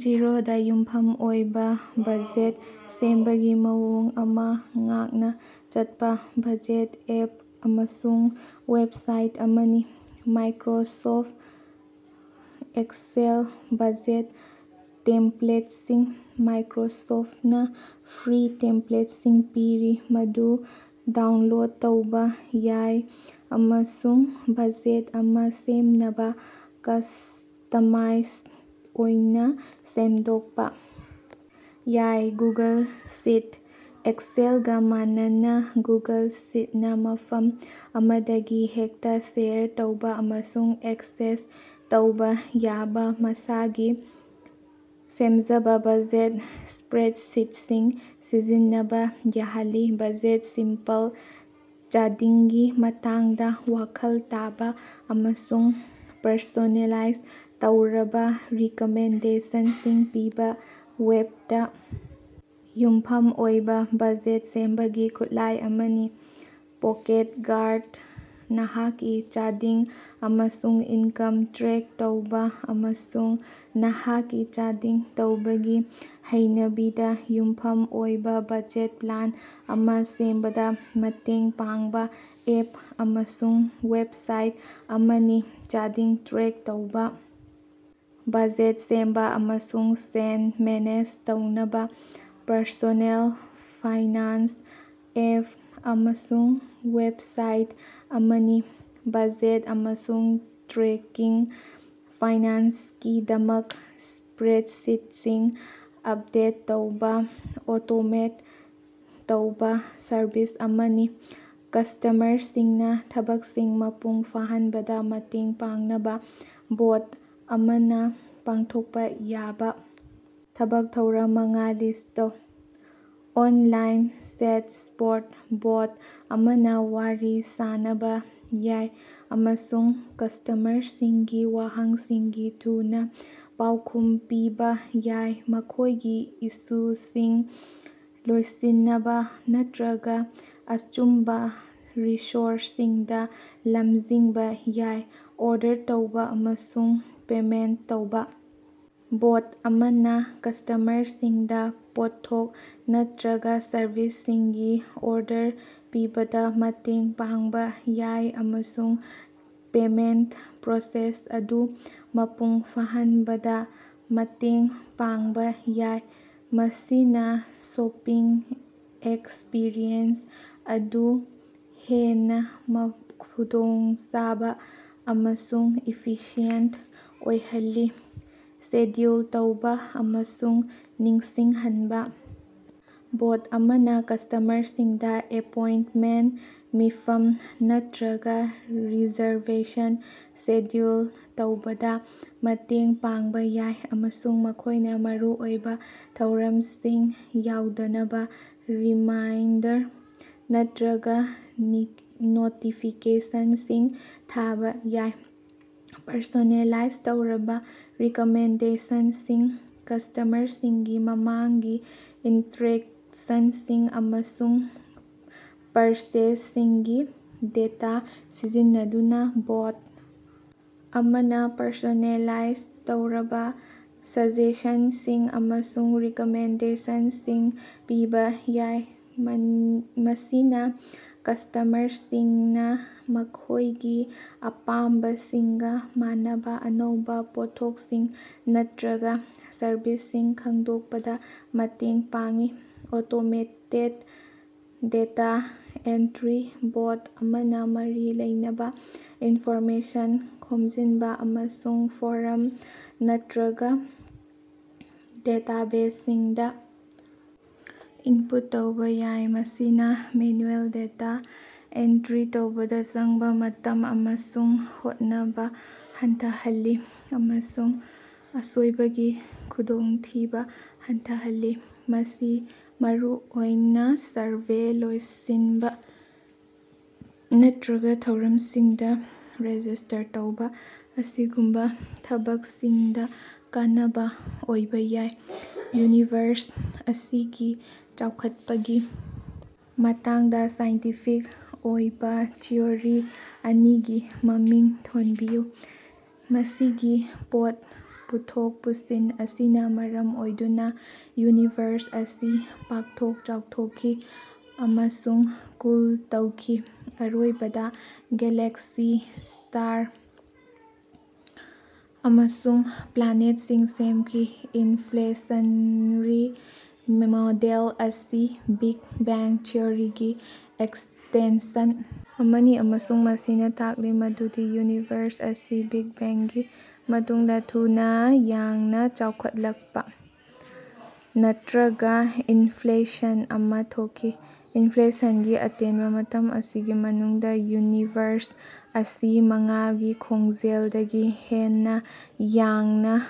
ꯖꯤꯔꯣꯗꯥ ꯌꯨꯝꯐꯝ ꯑꯣꯏꯕ ꯕꯖꯦꯠ ꯁꯦꯝꯕꯒꯤ ꯃꯑꯣꯡ ꯑꯃꯥ ꯉꯥꯛꯅ ꯆꯠꯄ ꯕꯖꯦꯠ ꯑꯦꯞ ꯑꯃꯁꯨꯡ ꯋꯦꯕꯁꯥꯏꯠ ꯑꯃꯅꯤ꯫ ꯃꯥꯏꯀꯔꯣꯁꯣꯐꯠ ꯑꯦꯛꯁꯦꯜ ꯕꯖꯦꯠ ꯇꯦꯝꯄ꯭ꯂꯦꯠꯁꯤꯡ: ꯃꯥꯏꯀꯔꯣꯁꯣꯐꯇꯅꯥ ꯐ꯭ꯔꯤ ꯇꯦꯝꯄꯂꯦꯠꯁꯤꯡ ꯄꯤꯔꯤ ꯃꯗꯨ ꯗꯥꯎꯟꯂꯣꯗ ꯇꯧꯕ ꯌꯥꯏ ꯑꯃꯁꯨꯡ ꯕꯖꯦꯠ ꯑꯃꯥ ꯁꯦꯝꯅꯕ ꯀꯁ꯭ꯇꯃꯥꯏꯁ ꯑꯣꯏꯅ ꯁꯦꯝꯗꯣꯛꯄ ꯌꯥꯏ꯫ ꯒꯨꯒꯜ ꯁꯤꯠ: ꯑꯦꯛꯁꯦꯜꯒ ꯃꯥꯟꯅꯅ ꯒꯨꯒꯜ ꯁꯤꯠꯅ ꯃꯐꯝ ꯑꯃꯗꯒꯤ ꯍꯦꯛꯇ ꯁꯦꯌꯔ ꯇꯧꯕ ꯑꯃꯁꯨꯡ ꯑꯦꯛꯁꯦꯁ ꯇꯧꯕ ꯌꯥꯕ ꯃꯁꯥꯒꯤ ꯁꯦꯝꯖꯕ ꯕꯖꯦꯠ ꯁ꯭ꯄꯔꯦꯗꯁꯤꯠꯁꯤꯡ ꯁꯤꯖꯤꯟꯅꯕ ꯌꯥꯍꯜꯂꯤ꯫ ꯕꯖꯦꯠꯁꯤꯝꯄꯜ: ꯆꯥꯗꯤꯡꯒꯤ ꯃꯇꯥꯡꯗ ꯋꯥꯈꯜ ꯇꯥꯕ ꯑꯃꯁꯨꯡ ꯄꯔꯁꯣꯅꯦꯂꯥꯏꯖ ꯇꯧꯔꯕ ꯔꯤꯀꯃꯦꯟꯗꯦꯁꯟꯁꯤꯡ ꯄꯤꯕ ꯋꯦꯕꯇ ꯌꯨꯝꯐꯝ ꯑꯣꯏꯕ ꯕꯖꯦꯠ ꯁꯦꯝꯕꯒꯤ ꯈꯨꯠꯂꯥꯏ ꯑꯃꯅꯤ꯫ ꯄꯣꯀꯦꯠꯒꯥꯔꯗ: ꯅꯍꯥꯛꯀꯤ ꯆꯥꯗꯤꯡ ꯑꯃꯁꯨꯡ ꯏꯟꯀꯝ ꯇ꯭ꯔꯦꯛ ꯇꯧꯕ ꯑꯃꯁꯨꯡ ꯅꯍꯥꯛꯀꯤ ꯆꯥꯗꯤꯡ ꯇꯧꯕꯒꯤ ꯍꯩꯅꯕꯤꯗ ꯌꯨꯝꯐꯝ ꯑꯣꯏꯕ ꯕꯖꯦꯠ ꯄ꯭ꯂꯥꯟ ꯑꯃꯥ ꯁꯦꯝꯕꯗ ꯃꯇꯦꯡ ꯄꯥꯡꯕ ꯑꯦꯞ ꯑꯃꯁꯨꯡ ꯋꯦꯕꯁꯥꯏꯠ ꯑꯃꯅꯤ꯫ ꯆꯥꯗꯤꯡ ꯇ꯭ꯔꯦꯛ ꯇꯧꯕ, ꯕꯖꯦꯠ ꯁꯦꯝꯕ, ꯑꯃꯁꯨꯡ ꯁꯦꯟ ꯃꯦꯅꯦꯖ ꯇꯧꯅꯕ ꯄꯔꯁꯣꯅꯦꯜ ꯐꯥꯏꯅꯥꯟꯁ ꯑꯦꯞ ꯑꯃꯁꯨꯡ ꯋꯦꯕꯁꯥꯏꯠ ꯑꯃꯅꯤ꯫ ꯕꯖꯦꯠ ꯑꯃꯁꯨꯡ ꯇ꯭ꯔꯦꯀꯤꯡ ꯐꯥꯏꯅꯥꯟꯁꯀꯤꯗꯃꯛ ꯁ꯭ꯄꯔꯦꯗꯁꯤꯠꯁꯤꯡ ꯑꯞꯗꯦꯠ ꯇꯧꯕ ꯑꯣꯇꯣꯃꯦꯠ ꯇꯧꯕ ꯁꯔꯚꯤꯁ ꯑꯃꯅꯤ꯫ ꯀꯁ꯭ꯇꯃꯔꯁꯤꯡꯅ ꯊꯕꯛꯁꯤꯡ ꯃꯄꯨꯡ ꯐꯥꯍꯟꯕꯗ ꯃꯇꯦꯡ ꯄꯥꯡꯅꯕ ꯕꯣꯠ ꯑꯃꯅ ꯄꯥꯡꯊꯣꯛꯄ ꯌꯥꯕ ꯊꯕꯛ ꯊꯧꯔꯝ ꯃꯉꯥ ꯂꯤꯁ꯭ꯠ ꯇꯧ꯫ ꯑꯣꯟꯂꯥꯏꯟ ꯆꯦꯠ ꯁꯄꯣꯔꯠ: ꯕꯣꯠ ꯑꯃꯅ ꯋꯥꯔꯤ ꯁꯥꯅꯕ ꯌꯥꯏ ꯑꯃꯁꯨꯡ ꯀꯁ꯭ꯇꯃꯔꯁꯤꯡꯒꯤ ꯋꯥꯍꯪꯁꯤꯡꯒꯤ ꯊꯨꯅ ꯄꯥꯎꯈꯨꯝ ꯄꯤꯕ ꯌꯥꯏ, ꯃꯈꯣꯏꯒꯤ ꯏꯁꯨꯁꯤꯡ ꯂꯣꯏꯁꯤꯅꯕ ꯅꯠꯇꯔꯒ ꯑꯆꯨꯝꯕ ꯔꯤꯁꯣꯔꯁꯁꯤꯡꯗ ꯂꯝꯖꯤꯡꯕ ꯌꯥꯏ꯫ ꯑꯣꯔꯗꯔ ꯇꯧꯕ ꯑꯃꯁꯨꯡ ꯄꯦꯃꯦꯟꯇ ꯇꯧꯕꯥ: ꯕꯣꯠ ꯑꯃꯅ ꯀꯁ꯭ꯇꯃꯔꯁꯤꯡꯗ ꯄꯣꯠꯊꯣꯛ ꯅꯠꯇꯔꯒ ꯁꯔꯚꯤꯁꯁꯤꯡꯒꯤ ꯑꯣꯔꯗꯔ ꯄꯤꯕꯗ ꯃꯇꯦꯡ ꯄꯥꯡꯕ ꯌꯥꯏ ꯑꯃꯁꯨꯡ ꯄꯦꯃꯦꯟꯠ ꯄ꯭ꯔꯣꯁꯦꯁ ꯑꯗꯨ ꯃꯄꯨꯡ ꯐꯥꯍꯟꯕꯗ ꯃꯇꯦꯡ ꯄꯥꯡꯕ ꯌꯥꯏ, ꯃꯁꯤꯅ ꯁꯣꯄꯤꯡ ꯑꯦꯛꯁꯄꯤꯔꯤꯑꯦꯟꯁ ꯑꯗꯨ ꯍꯦꯟꯅ ꯃꯥ ꯈꯨꯗꯣꯡꯆꯥꯕ ꯑꯃꯁꯨꯡ ꯏꯐꯤꯁꯤꯑꯦꯟꯠ ꯑꯣꯏꯍꯜꯂꯤ꯫ ꯁꯦꯗ꯭ꯌꯨꯜ ꯇꯧꯕ ꯑꯃꯁꯨꯡ ꯅꯤꯡꯁꯤꯡꯍꯟꯕ: ꯕꯣꯠ ꯑꯃꯅ ꯀꯁ꯭ꯇꯃꯔꯁꯤꯡꯗ ꯑꯦꯄꯣꯏꯟꯠꯃꯦꯟꯠ, ꯃꯤꯐꯝ ꯅꯠꯇꯔꯒ ꯔꯤꯖꯔꯕꯦꯁꯟ ꯁꯦꯗ꯭ꯌꯨꯜ ꯇꯧꯕꯗ ꯃꯇꯦꯡ ꯄꯥꯡꯕ ꯌꯥꯏ, ꯑꯃꯁꯨꯡ ꯃꯈꯣꯏꯅ ꯃꯔꯨꯑꯣꯏꯕ ꯊꯧꯔꯝꯁꯤꯡ ꯌꯥꯎꯗꯅꯕ ꯔꯤꯃꯥꯏꯟꯗꯔ ꯅꯠꯇꯔꯒ ꯅꯣꯇꯤꯐꯤꯀꯦꯁꯟꯁꯤꯡ ꯊꯥꯕꯥ ꯌꯥꯏ꯫ ꯄꯔꯁꯣꯅꯦꯂꯥꯏꯖ ꯇꯧꯔꯕ ꯔꯤꯀꯃꯦꯟꯗꯦꯁꯟꯁꯤꯡ: ꯀꯁ꯭ꯇꯃꯔꯁꯤꯡꯒꯤ ꯃꯃꯥꯡꯒꯤ ꯏꯟꯇꯔꯦꯛꯁꯟꯁꯤꯡ ꯑꯃꯁꯨꯡ ꯄꯔꯆꯦꯖꯁꯤꯡꯒꯤ ꯗꯦꯇꯥ ꯁꯤꯖꯤꯟꯅꯗꯨꯅ ꯕꯣꯠ ꯑꯃꯅ ꯄꯔꯁꯣꯅꯦꯂꯥꯏꯖ ꯇꯧꯔꯕ ꯁꯖꯦꯁꯟꯁꯤꯡ ꯑꯃꯁꯨꯡ ꯔꯤꯀꯃꯦꯟꯗꯦꯁꯟꯁꯤꯡ ꯄꯤꯕ ꯌꯥꯏ, ꯃꯟ ꯃꯁꯤꯅ ꯀꯁ꯭ꯇꯃꯔꯁꯤꯡꯅ ꯃꯈꯣꯏꯒꯤ ꯑꯄꯥꯝꯕꯁꯤꯡꯒ ꯃꯥꯟꯅꯕ ꯑꯅꯧꯕ ꯄꯣꯠꯊꯣꯛꯁꯤꯡ ꯅꯠꯇꯔꯒ ꯁꯔꯚꯤꯁꯁꯤꯡ ꯈꯪꯗꯣꯛꯄꯗ ꯃꯇꯦꯡ ꯄꯥꯡꯏ꯫ ꯑꯣꯇꯣꯃꯦꯇꯦꯗ ꯗꯦꯇꯥ ꯑꯦꯟꯇꯔꯤ: ꯕꯣꯠ ꯑꯃꯅ ꯃꯔꯤ ꯂꯩꯅꯕ ꯏꯟꯐꯣꯔꯃꯦꯁꯟ ꯈꯣꯝꯖꯤꯟꯕ ꯑꯃꯁꯨꯡ ꯐꯣꯔꯝ ꯅꯠꯇꯔꯒ ꯗꯦꯇꯥꯕꯦꯖꯁꯤꯡꯗ ꯏꯟꯄꯨꯠ ꯇꯧꯕ ꯌꯥꯏ, ꯃꯁꯤꯅ ꯃꯦꯅꯨꯑꯦꯜ ꯗꯦꯇꯥ ꯑꯦꯟꯇ꯭ꯔꯤ ꯇꯧꯕꯗ ꯆꯪꯕꯥ ꯃꯇꯝ ꯑꯃꯁꯨꯡ ꯍꯣꯠꯅꯕ ꯍꯟꯊꯍꯜꯂꯤ ꯑꯃꯁꯨꯡ ꯑꯁꯣꯏꯕꯒꯤ ꯈꯨꯗꯣꯡꯊꯤꯕ ꯍꯟꯊꯍꯜꯂꯤ꯫ ꯃꯁꯤ ꯃꯔꯨꯑꯣꯏꯅ ꯁꯔꯚꯦ ꯂꯣꯏꯁꯤꯟꯕ ꯅꯠꯇ꯭ꯔꯒ ꯊꯧꯔꯝꯁꯤꯡꯗ ꯔꯦꯖꯤꯁ꯭ꯇꯔ ꯇꯧꯕ ꯑꯁꯤꯒꯨꯝꯕ ꯊꯕꯛꯁꯤꯡꯗ ꯀꯥꯟꯅꯕ ꯑꯣꯏꯕ ꯌꯥꯏ꯫ ꯌꯨꯅꯤꯚ꯭ꯔꯁ ꯑꯁꯤꯒꯤ ꯆꯥꯎꯈꯠꯄꯒꯤ ꯃꯇꯥꯡꯗ ꯁꯥꯏꯟꯇꯤꯐꯤꯛ ꯑꯣꯏꯕ ꯊꯤꯑꯣꯔꯤ ꯑꯅꯤꯒꯤ ꯃꯃꯤꯡ ꯊꯣꯟꯕꯤꯌꯨ꯫ ꯃꯁꯤꯒꯤ ꯄꯣꯠ ꯄꯨꯊꯣꯛ ꯄꯨꯁꯤꯟ ꯑꯁꯤꯅ ꯃꯔꯝ ꯑꯣꯏꯗꯨꯅ ꯌꯨꯅꯤꯚꯔꯁ ꯑꯁꯤ ꯄꯥꯛꯊꯣꯛ-ꯆꯥꯎꯊꯣꯛꯈꯤ ꯑꯃꯁꯨꯡ ꯀꯨꯜ ꯇꯧꯈꯤ, ꯑꯔꯣꯏꯕꯗ ꯒꯦꯂꯦꯛꯁꯤ, ꯁ꯭ꯇꯥꯔ ꯑꯃꯁꯨꯡ ꯄ꯭ꯂꯥꯅꯦꯠꯁꯤꯡ ꯁꯦꯝꯈꯤ꯫ ꯏꯟꯐ꯭ꯂꯦꯁꯟꯔꯤ ꯃꯣꯗꯦꯜ ꯑꯁꯤ ꯕꯤꯒ ꯕꯦꯡ ꯊꯤꯑꯣꯔꯤꯒꯤ ꯑꯦꯛꯁꯇꯦꯟꯁꯟ ꯑꯃꯅꯤ, ꯑꯃꯁꯨꯡ ꯃꯁꯤꯅ ꯇꯥꯛꯂꯤ ꯃꯗꯨꯗꯤ ꯌꯨꯅꯤꯚꯔꯁ ꯑꯁꯤ ꯕꯤꯒ ꯕꯦꯡꯒꯤ ꯃꯇꯨꯡꯗ ꯊꯨꯅ ꯌꯥꯡꯅ ꯆꯥꯎꯈꯠꯂꯛꯄ ꯅꯠꯇꯔꯒ ꯏꯟꯐ꯭ꯂꯦꯁꯟ ꯑꯃꯥ ꯊꯣꯛꯈꯤ꯫ ꯏꯟꯐ꯭ꯂꯦꯁꯟꯒꯤ ꯑꯇꯦꯟꯕ ꯃꯇꯝ ꯑꯁꯤꯒꯤ ꯃꯅꯨꯡꯗ, ꯌꯨꯅꯤꯚꯔꯁ ꯑꯁꯤ ꯃꯉꯥꯜꯒꯤ ꯈꯣꯡꯖꯦꯜꯗꯒꯤ ꯍꯦꯟꯅ ꯌꯥꯡꯅ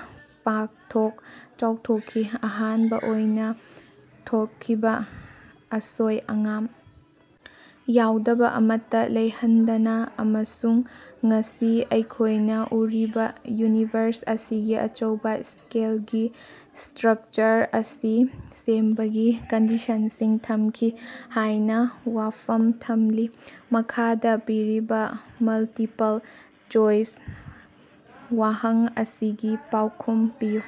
ꯄꯥꯛꯊꯣꯛ-ꯆꯥꯎꯊꯣꯛꯈꯤ, ꯑꯍꯥꯟꯕ ꯑꯣꯏꯅ ꯊꯣꯛꯈꯤꯕ ꯑꯁꯣꯏ-ꯑꯉꯥꯝ ꯌꯥꯎꯗꯕ ꯑꯃꯠꯇ ꯂꯩꯍꯟꯗꯅ ꯑꯃꯁꯨꯡ ꯉꯁꯤ ꯑꯩꯈꯣꯏꯅ ꯎꯔꯤꯕ ꯌꯨꯅꯤꯚꯔꯁ ꯑꯁꯤꯒꯤ ꯑꯆꯧꯕ ꯁ꯭ꯀꯦꯜꯒꯤ ꯁ꯭ꯇꯔꯛꯆꯔ ꯑꯁꯤ ꯁꯦꯝꯕꯒꯤ ꯀꯟꯗꯤꯁꯟꯁꯤꯡ ꯊꯝꯈꯤ ꯍꯥꯏꯅ ꯋꯥꯐꯝ ꯊꯝꯂꯤ꯫ ꯃꯈꯥꯗ ꯄꯤꯔꯤꯕ ꯃꯜꯇꯤꯄꯜ ꯆꯣꯏꯁ ꯋꯥꯍꯪ ꯑꯁꯤꯒꯤ ꯄꯥꯎꯈꯨꯝ ꯄꯤꯌꯨ꯫